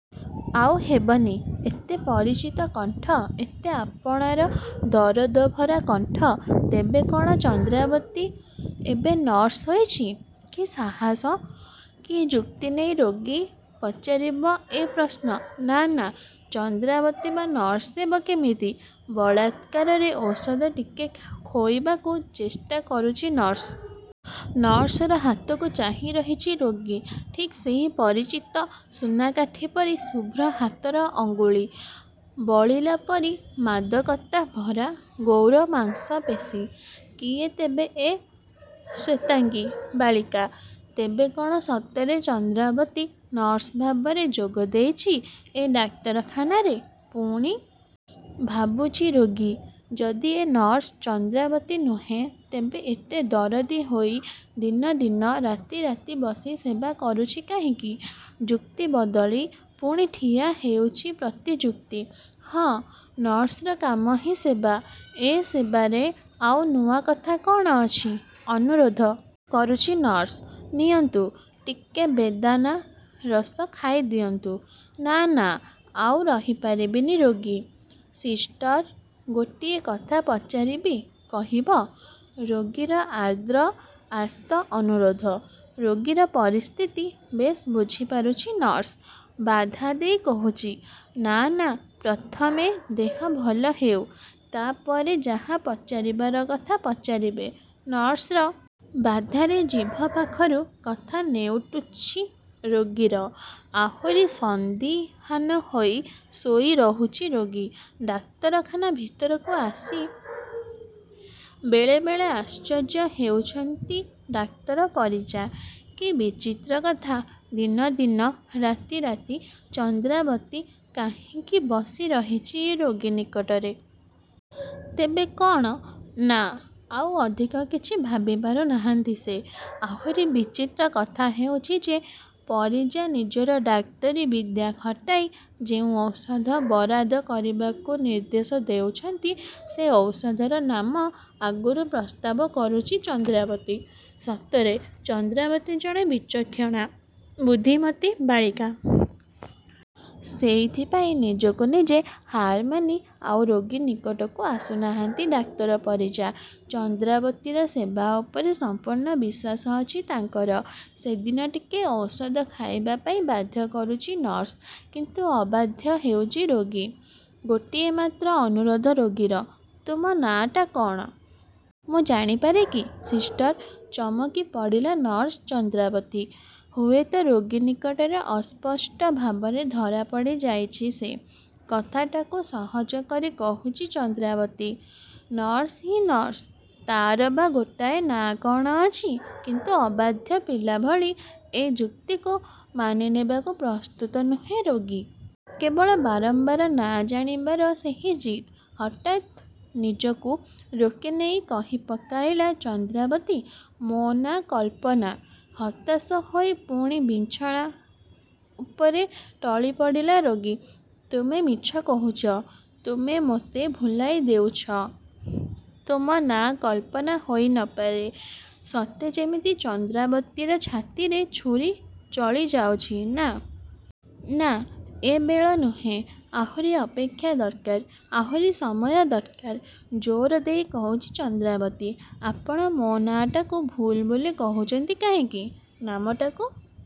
ଆଉ ହେବନି ଏତେ ପରିଚିତ କଣ୍ଠ, ଏତେ ଆପଣାର ଦରଦଭରା କଣ୍ଠ। ତେବେ କ'ଣ ଚନ୍ଦ୍ରାବତୀ ଏବେ ନର୍ସ ହୋଇଛି? କି ସାହସ, କି ଯୁକ୍ତି ନେଇ ରୋଗୀ ପଚାରିବ ଏ ପ୍ରଶ୍ନ?“ନାଁ ନାଁ, ଚନ୍ଦ୍ରାବତୀ ବା ନର୍ସ ହେବ କେମିତି?”ବଳାତ୍କାରରେ ଔଷଧ ଟିକେ ଖୋଇବାକୁ ଚେଷ୍ଟା କରୁଛି ନର୍ସ। ନର୍ସର ହାତକୁ ଚାହିଁ ରହିଛି ରୋଗୀ। ଠିକ୍ ସେହି ପରିଚିତ ସୁନାକାଠି ପରି ଶୁଭ୍ର ହାତର ଅଙ୍ଗୁଳି। ବଳିଲା ପରି ମାଦକତା ଭରା ଗୌର ମାଂସପେଶୀ। କିଏ ତେବେ ଏ ଶ୍ୱେତାଙ୍ଗୀ ବାଳିକା? ତେବେ କ'ଣ ସତରେ ଚନ୍ଦ୍ରାବତୀ ନର୍ସ ଭାବରେ ଯୋଗଦେଇଛି ଏ ଡାକ୍ତରଖାନାରେ? ପୁଣି ଭାବୁଛି ରୋଗୀ। ଯଦି ଏ ନର୍ସ ଚନ୍ଦ୍ରାବତୀ ନୁହେଁ, ତେବେ ଏତେ ଦରଦୀ ହୋଇ ଦିନ ଦିନ, ରାତି ରାତି ବସି ସେବା କରୁଛି କାହିଁକି? ଯୁକ୍ତି ବଦଳି ପୁଣି ଠିଆ ହେଉଛି ପ୍ରତିଯୁକ୍ତି। ହଁ, ନର୍ସର କାମ ହିଁ ସେବା। ଏ ସେବାରେ ଆଉ ନୂଆ କଥା କ'ଣ ଅଛି? ଅନୁରୋଧ କରୁଛି ନର୍ସ, “ନିଅନ୍ତୁ, ଟିକେ ବେଦାନା ରସ ଖାଇ ଦିଅନ୍ତୁ।”“ନାଁ ନାଁ, ଆଉ ରହିପାରିବନି ରୋଗୀ।”“ସିଷ୍ଟର? ଗୋଟିଏ କଥା ପଚାରିବି, କହିବ?”ରୋଗୀର ଆର୍ଦ୍ର, ଆର୍ତ୍ତ ଅନୁରୋଧ। ରୋଗୀର ପରିସ୍ଥିତି ବେଶ୍ ବୁଝିପାରୁଛି ନର୍ସ। ବାଧା ଦେଇ କହୁଛି, “ନାଁ ନାଁ, ପ୍ରଥମେ ଦେହ ଭଲ ହେଉ, ତା'ପରେ ଯାହା ପଚାରିବାର କଥା ପଚାରିବେ।”ନର୍ସର ବାଧାରେ ଜିଭ ପାଖରୁ କଥା ନେଉଟୁଛି ରୋଗୀର। ଆହୁରି ସନ୍ଦିହାନ ହୋଇ ଶୋଇ ରହୁଛି ରୋଗୀ। ଡାକ୍ତରଖାନା ଭିତରକୁ ଆସି ବେଳେ ବେଳେ ଆଶ୍ଚର୍ଯ୍ୟ ହେଉଛନ୍ତି ଡାକ୍ତର ପରିଜା। କି ବିଚିତ୍ର କଥା! ଦିନ ଦିନ, ରାତି ରାତି ଚନ୍ଦ୍ରାବତୀ କାହିଁକି ବସି ରହିଛି ଏ ରୋଗୀ ନିକଟରେ? ତେବେ କ'ଣ? ନାଁ, ଆଉ ଅଧିକ କିଛି ଭାବିପାରୁ ନାହାଁନ୍ତି ସେ। ଆହୁରି ବିଚିତ୍ର କଥା ହେଉଛି ଯେ, ପରିଜା ନିଜର ଡାକ୍ତରୀ ବିଦ୍ୟା ଖଟାଇ ଯେଉଁ ଔଷଧ ବରାଦ କରିବାକୁ ନିର୍ଦ୍ଦେଶ ଦେଉଛନ୍ତି, ସେ ଔଷଧର ନାମ ଆଗରୁ ପ୍ରସ୍ତାବ କରୁଛି ଚନ୍ଦ୍ରାବତୀ। ସତରେ ଚନ୍ଦ୍ରାବତୀ ଜଣେ ବିଚକ୍ଷଣା, ବୁଦ୍ଧିମତୀ ବାଳିକା। ସେଇଥିପାଇଁ ନିଜକୁ ନିଜେ ହାରମାନି ଆଉ ରୋଗୀ ନିକଟକୁ ଆସୁ ନାହାଁନ୍ତି ଡାକ୍ତର ପରିଜା। ଚନ୍ଦ୍ରାବତୀର ସେବା ଉପରେ ସମ୍ପୂର୍ଣ୍ଣ ବିଶ୍ୱାସ ଅଛି ତାଙ୍କର। ସେଦିନ ଟିକେ ଔଷଧ ଖାଇବାପାଇଁ ବାଧ୍ୟ କରୁଛି ନର୍ସ। କିନ୍ତୁ ଅବାଧ୍ୟ ହେଉଛି ରୋଗୀ। ଗୋଟିଏ ମାତ୍ର ଅନୁରୋଧ ରୋଗୀର।“ତୁମ ନାଁଟା କ'ଣ? ମୁଁ ଜାଣିପାରେ କି, ସିଷ୍ଟର?”ଚମକି ପଡ଼ିଲା ନର୍ସ ଚନ୍ଦ୍ରାବତୀ। ହୁଏତ ରୋଗୀ ନିକଟରେ ଅସ୍ପଷ୍ଟ ଭାବରେ ଧରାପଡ଼ି ଯାଇଛି ସେ। କଥାଟାକୁ ସହଜ କରି କହୁଛି ଚନ୍ଦ୍ରାବତୀ।“ନର୍ସ ହିଁ ନର୍ସ। ତା'ର ବା ଗୋଟାଏ ନାଁ କ'ଣ ଅଛି?”କିନ୍ତୁ ଅବାଧ୍ୟ ପିଲା ଭଳି ଏ ଯୁକ୍ତିକୁ ମାନିନେବାକୁ ପ୍ରସ୍ତୁତ ନୁହେଁ ରୋଗୀ। କେବଳ ବାରମ୍ବାର ନାଁ ଜାଣିବାର ସେହି ଜିଦ୍। ହଠାତ୍ ନିଜକୁ ରୋକିନେଇ କହି ପକାଇଲା ଚନ୍ଦ୍ରାବତୀ, “ମୋ ନାଁ କଳ୍ପନା।”ହତାଶ ହୋଇ ପୁଣି ବିଛଣା ଉପରେ ଟଳିପଡ଼ିଲା ରୋଗୀ।“ତୁମେ ମିଛ କହୁଛ। ତୁମେ ମୋତେ ଭୁଲାଇ ଦେଉଛ। ତୁମ ନାଁ କଳ୍ପନା ହୋଇ ନ ପାରେ।”ସତେ ଯେମିତି ଚନ୍ଦ୍ରାବତୀର ଛାତିରେ ଛୁରୀ ଚଳି ଯାଉଛି। ନାଁ ନାଁ, ଏ ବେଳ ନୁହେଁ। ଆହୁରି ଅପେକ୍ଷା ଦରକାର, ଆହୁରି ସମୟ ଦରକାର। ଜୋର ଦେଇ କହୁଛି ଚନ୍ଦ୍ରାବତୀ, “ଆପଣ ମୋ ନାଁଟାକୁ ଭୁଲ୍ ବୋଲି କହୁଛନ୍ତି କାହିଁକି?”ନାମଟାକୁ.